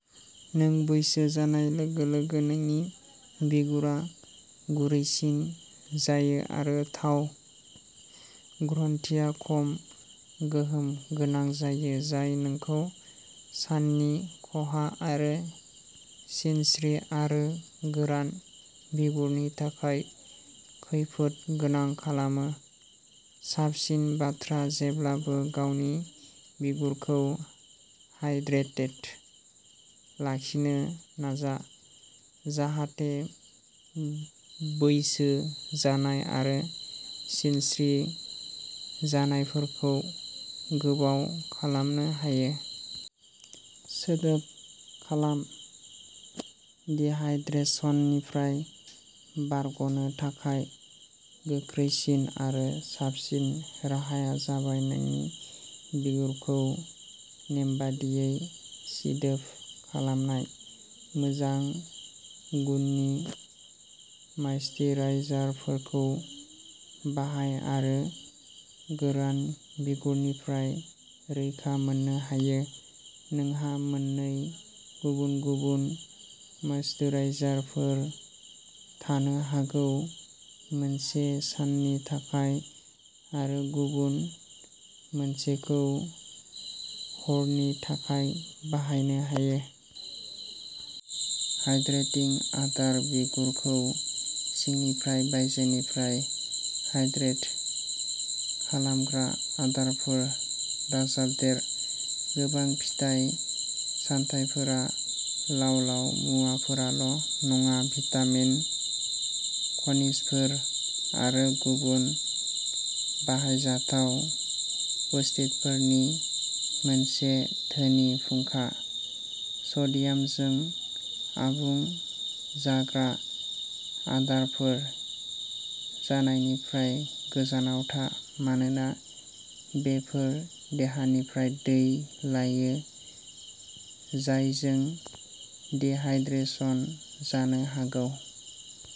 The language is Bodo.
नों बैसो जानाय लोगो-लोगो नोंनि बिगुरा गुरैसिन जायो आरो थाव ग्रन्थिआ खम गोहोम गोनां जायो, जाय नोंखौ साननि खहा आरो सिनस्रि आरो गोरान बिगुरनि थाखाय खैफोद गोनां खालामो। साबसिन बाथ्रा जेब्लाबो गावनि बिगुरखौ हाइड्रेटेड लाखिनो नाजा, जाहाथे बैसो जानाय आरो सिनस्रि जानायफोरखौ गोबाव खालामनो हायो। सोदोब खालाम डिहाइड्रेशननिफ्राय बारग'नो थाखाय गोख्रैसिन आरो साबसिन राहाया जाबाय नोंनि बिगुरखौ नेमबादियै सिदोब खालामनाय। मोजां गुननि मायिश्चराइजारफोरखौ बाहाय आरो गोरान बिगुरनिफ्राय रैखा मोननो हायो। नोंहा मोननै गुबुन-गुबुन मायिश्चराइजारफोर थानो हागौ, मोनसे साननि थाखाय आरो गुबुन मोनसेखौ हरनि थाखाय बाहायनो हायो। हाइड्रेटिं आदार बिगुरखौ सिंनिफ्राय बायजोनिफ्राय हाइड्रेट खालामग्रा आदारफोर दाजाबदेर। गोबां फिथाइ सामथाइफोरा लाव-लाव मुवाफोराल' नङा, भिटामिन, खनिजफोर आरो गुबुन बाहायजाथाव पुष्टिफोरनि मोनसे धोनि फुंखा। सडियामजों आबुं जाग्रा आदारफोर जानायनिफ्राय गोजानाव था, मानोना बेफोर देहानिफ्राय दै लायो, जायजों डिहाइड्रेशन जानो हागौ।